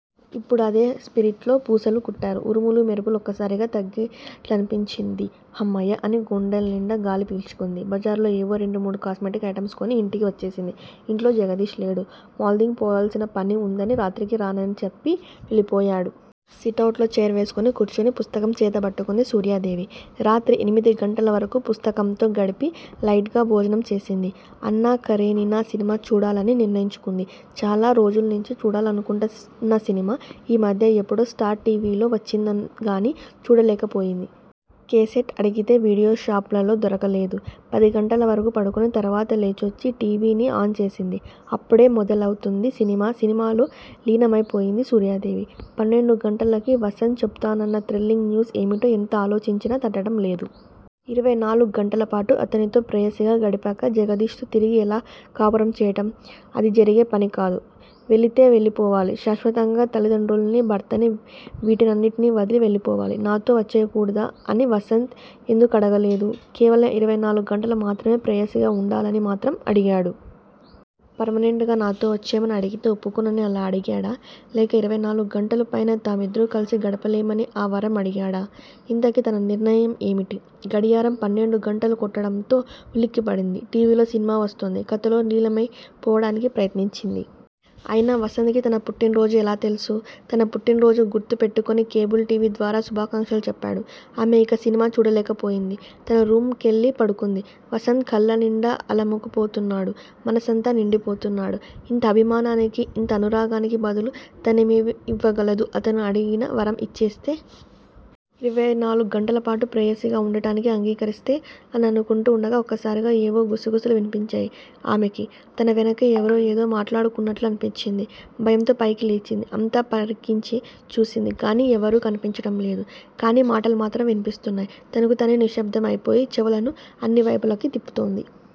ఇప్పుడూ అదే స్పిరిట్ లో పూసలు కుట్టారు. ఉరుములు, మెరుపులు ఒక్కసారిగా తగ్గినట్లనిపించింది. హమ్మయ్య అని గుండెల్నిండా గాలి పీల్చుకుంది. బజారులో ఏవో రెండు మూడు కాస్మటిక్ ఐటమ్స్ కొని ఇంటికి వచ్చేసింది. ఇంట్లో జగదీష్ లేడు. మోల్దింగ్ పోయాల్సిన పని వుందని రాత్రికి రానని చెప్పి వెళ్ళిపోయాడు. సిటవుట్ లో చైర్ వేసుకుని కూర్చుని, పుస్తకం చేతబట్టుకుంది సూర్యాదేవి. రాత్రి ఎనిమిది గంటల వరకు పుస్తకంతో గడిపి లైట్ గా భోజనం చేసింది. అన్నాకరేనినా సినిమా చూడాలని నిర్ణయించుకుంది. చాలా రోజుల్నుంచి చూడాలనుకుంటున్న సినిమా ఈ మధ్య ఎప్పుడో స్టార్ టీ. వీ. లో వచ్చిందిగానీ చూడలేకపోయింది. కేసెట్ అడిగితే వీడియో షాప్ లలో దొరకలేదు. పదిగంటల వరకు పడుకుని, తర్వాత లేచొచ్చి టీ. వీ. ని ఆన్ చేసింది అప్పుడే మొదలౌతుంది సినిమా. సినిమాలో లీనమైపోయింది సూర్యాదేవి. పన్నెండు గంటలకి వసంత్ చెబుతానన్న థ్రిల్లింగ్ న్యూస్ ఏమిటో ఎంత ఆలోచించినా తట్టడం లేదు. ఇరవై నాలుగు గంటలపాటు అతనితో ప్రేయసిగా గడిపాక జగదీష్ తో తిరిగి ఎలా కాపురం చేయడం? అది జరిగే పనికాదు. వెళితే వెళ్ళిపోవాలి- శాశ్వతంగా తల్లిదండ్రుల్ని, భర్తనీ, వీటినన్నిటినీ వదిలి వెళ్ళిపోవాలి. నాతో వచ్చేయకూడదా అని వసంత్ ఎందుకడగలేదు. కేవలం ఇరవై నాలుగు గంటలు మాత్రం ప్రేయసిగా వుండాలని మాత్రం అడిగాడు. పర్మినెంట్ గా నాతో వచ్చేయమని అడిగితే- ఒప్పుకోనని అలా అడిగాడా? లేక ఇరవై నాలుగు గంటలు పైన తామిద్దరూ కలిసి గడపలేమని ఆ వరం అడిగాడా? ఇంతకీ తన నిర్ణయం ఏమిటి? గడియారం పన్నెండు గంటలు కొట్టడంతో ఉలిక్కిపడింది. టీవీలో సినిమా వస్తోంది. కథలో నీలమై పోవడానికి ప్రయత్నించింది. అయినా వసంత్ కి తన పుట్టినరోజు ఎలా తెలుసు? తన పుట్టినరోజు గుర్తు పెట్టుకుని, కేబుల్ టీ. వీ ద్వారా శుభాకాంక్షాలు చెప్పాడు. ఆమె ఇక సినిమా చూడలేకపోయింది. తన రూమ్ కెళ్ళి పడుకుంది. వసంత్ కళ్ళనిండా అలుముకుపోతున్నాడు. మనసంతా నిండిపోతున్నాడు. ఇంత అభిమానానికి, ఇంత అనురాగానికి బదులు తానేమివ్వగలదు అతను అడిగిన వరం ఇచ్చేస్తే? ఇరవై నాలుగు గంటలపాటు ప్రేయసిగా వుండడానికి అంగీకరిస్తే అని అనుకుంటూ వుండగా ఒక్కసారిగా ఏవో గుసగుసలు విన్పించాయి ఆమెకి. తన వెనకే ఎవరో ఏదో మాట్లాడుకుంటున్నట్లనిపించి, భయంతో పైకి లేచింది. అంతా పరికించి చూసింది గానీ ఎవరూ కనిపించడంలేదు. కానీ మాటలు మాత్రం వినిపిస్తున్నాయి. తనకు తనే నిశ్శబ్దం అయిపోయి చెవులను అన్నివైపులకి తిప్పుతోంది.